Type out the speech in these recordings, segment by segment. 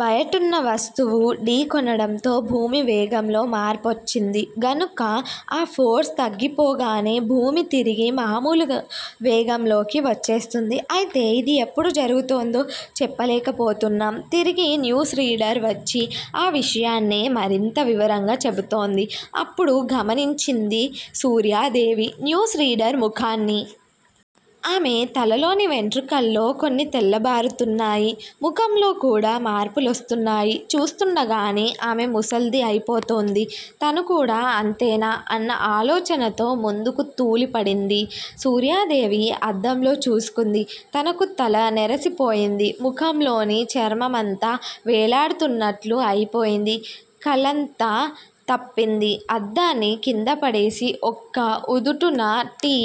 బయటున్న వస్తువు ఢీకొనడంతో భూమి వేగంలో మార్పొచ్చింది. గనుక ఆ ఫోర్స్ తగ్గిపోగానే భూమి తిరిగి మామూలు వేగంలోకి వచ్చేస్తుంది. అయితే ఇది ఎప్పుడు జరుగుతుందో చెప్పలేకపోతున్నాం. తిరిగి న్యూస్ రీడర్ వచ్చి ఈ విషయాన్నే మరింత వివరంగా చెబుతోంది. అప్పుడు గమనించింది సూర్యాదేవి న్యూస్ రీడర్ ముఖాన్ని. ఆమె తలలోని వెంట్రుకల్లో కొన్ని తెల్లబారుతున్నాయి. ముఖంలో కూడా మార్పులొస్తున్నాయి. చూస్తుండగానే ఆమె ముసల్ది అయిపోతోంది. తను కూడా అంతేనా అన్న ఆలోచనతో ముందుకు తూలిపడింది సూర్యాదేవి. అద్దంలో చూసుకుంది. తనకూ తల నెరసిపోయింది. ముఖంలోని చర్మమంతా వేలాడుతున్నట్లు అయిపోయింది కళంతా తప్పింది. అద్దాన్ని కిందపడేసి ఒక్క ఉదుటున టీ.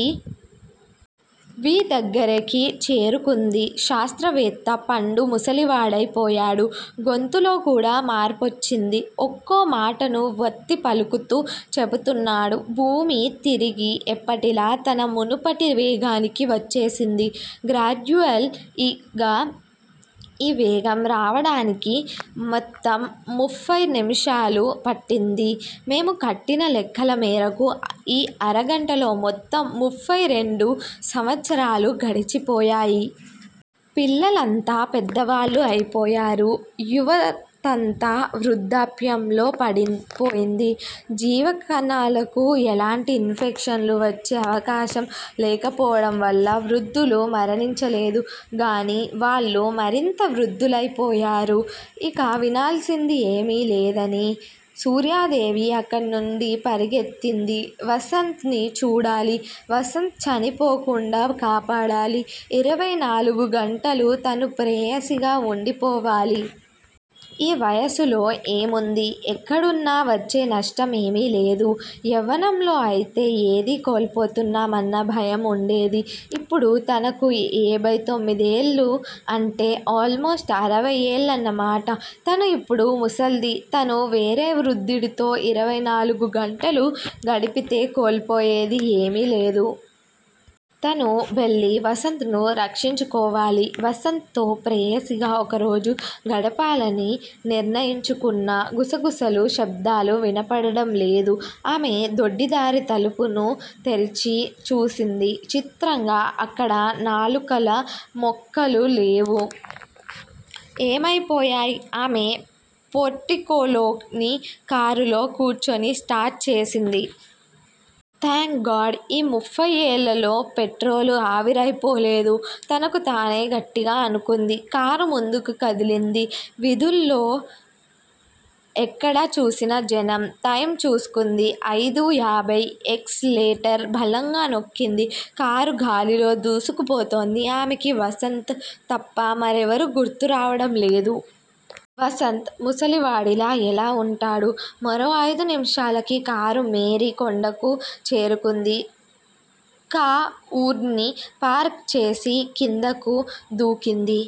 వీ. దగ్గరికి చేరుకుంది. శాస్త్రవేత్త పండు ముసలివాడై పోయాడు. గొంతులో కూడా మార్పొచ్చింది. ఒక్కో మాటను వత్తి పలుకుతూ చెబుతున్నాడు. భూమి తిరిగి ఎప్పటిలా తన మునుపటి వేగానికి వచ్చేసింది. గ్రాడ్యుయల్ గా ఈ వేగం రావడానికి మొత్తం ముఫ్ఫై నిముషాలు పట్టింది. మేము కట్టిన లెక్కల మేరకు ఈ అరగంటలో మొత్తం ముఫ్ఫై రెండు సంవత్సరాలు గడిచిపోయాయి. పిల్లలంతా పెద్దవాళ్ళు అయిపోయారు. యువతంతా వృద్దాప్యంలో పడిపోయింది. జీవకణాలకు ఎలాంటి ఇన్ఫెక్షన్లు వచ్చే అవకాశం లేకపోవడం వల్ల వృద్దులు మరణించలేదు గానీ వాళ్ళు మరింత వృద్దులైపోయారు. ఇక వినాల్సింది ఏమీలేదని సూర్యాదేవి అక్కడినుండి పరుగెత్తింది. వసంత్ ని చూడాలి. వసంత్ చనిపోకుండా కాపాడాలి. ఇరవై నాలుగు గంటలు తను ప్రేయసిగా వుండిపోవాలి. ఈ వయసులో ఏముంది? ఎక్కడున్నా వచ్చే నష్టం ఏమీలేదు. యవ్వనంలో అయితే ఏది కోల్పోతామన్న భయం వుండేది. ఇప్పుడు తనకు ఏభై తొమ్మిదేళ్ళు అంటే ఆల్ మోస్ట్ అరవై ఏళ్ళన్న మాట తను ఇప్పుడు ముసల్ది తను వేరే వృద్దుడితో ఇరవై నాలుగు గంటలు గడిపితే కోల్పోయేది ఏమీలేదు. తను వెళ్ళి వసంత్ ను రక్షించుకోవాలి. వసంత్ తో ప్రేయసిగా ఒకరోజు గడపాలని నిర్ణయించుకున్నా గుసగుసలు, శబ్దాలు వినపడడం లేదు. ఆమె దొడ్డి దారి తలుపును తెరిచి చూసింది. చిత్రంగా అక్కడ నాలుకల మొక్కలు లేవు. ఏమైపోయాయి? ఆమె పోర్టికోలోని కారులో కూర్చుని స్టార్ట్ చేసింది. థాంక్ గాడ్ ఈ ముఫ్ఫై ఏళ్ళలో పెట్రోలు ఆవిరైపోలేదు తనకు తానే గట్టిగా అనుకుంది. కారు ముందుకి కదిలింది. వీధుల్లో ఎక్కడ చూసినా జనం. టైమ్ చూసుకుంది. అయిదూ యాభై. ఎక్స్ లేటర్ బలంగా నొక్కింది. కారు గాలిలో దూసుకుపోతోంది. ఆమెకి వసంత్ తప్ప మరెవరూ గుర్తు రావడం లేదు. వసంత్ ముసలివాడిలా ఎలా వుంటాడు? మరో అయిదు నిముషాలకి కారు మేరీ కొండకు చేరుకుంది కాఉర్ని పార్క్ చేసి కిందకు దూకింది.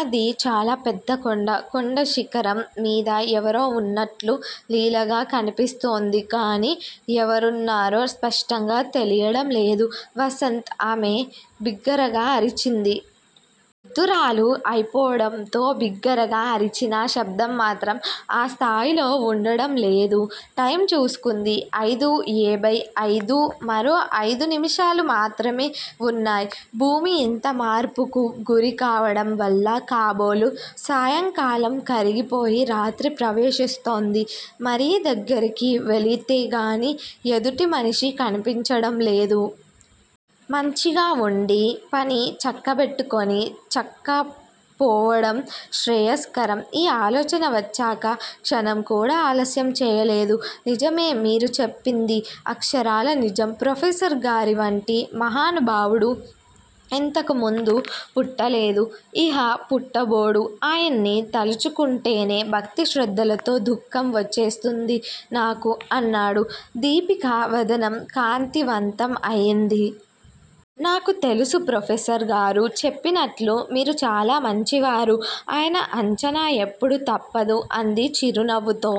అది చాలా పెద్ద కొండ. కొండ శిఖరం మీద ఎవరో వున్నట్లు లీలగా కనిపిస్తోందిగానీ ఎవరున్నారో స్పష్టంగా తెలియడం లేదు. వసంత్ ఆమె బిగ్గరగా అరిచింది. వృద్దురాలు అయిపోవడంతో బిగ్గరగా అరిచినా శబ్దం మాత్రం ఆ స్థాయిలో వుండడం లేదు. టైమ్ చూసుకుంది. అయిదూ ఏభై అయిదు. మరో అయిదు నిముషాలు మాత్రమే వున్నాయి. భూమి ఇంత మార్పుకు గురి కావడం వల్ల కాబోలు సాయంకాలం కరిగిపోయి. రాత్రి ప్రవేశిస్తోంది. మరీ దగ్గరికి వెళితేగానీ ఎదుటిమనిషి కనిపించడంలేదు. మంచిగా వుండి పని చక్కబెట్టుకొని చక్కాపోవడం శ్రేయస్కరం! ఈ ఆలోచన వచ్చాక క్షణంకూడా ఆలస్యం చేయలేదు నిజమే మీరు చెప్పింది అక్షరాలా నిజం! ప్రొఫెసర్ గారివంటి మహానుభావుడు ఇంతకుముందు పుట్టలేదు ఇహ పుట్టబోడు ఆయన్ని తలచుకుంటేనే భక్తిశ్రద్ధలతో దుఃఖం వచ్చేస్తుంది నాకు! అన్నాడు. దీపిక వదనం కాంతి వంతం అయింది. 'నాకు తెలుసు ప్రొఫెసర్ గారు చెప్పినట్లు మీరు చాలా మంచివారు ఆయన అంచనా ఎప్పుడూ తప్పదు అంది చిరునవ్వుతో.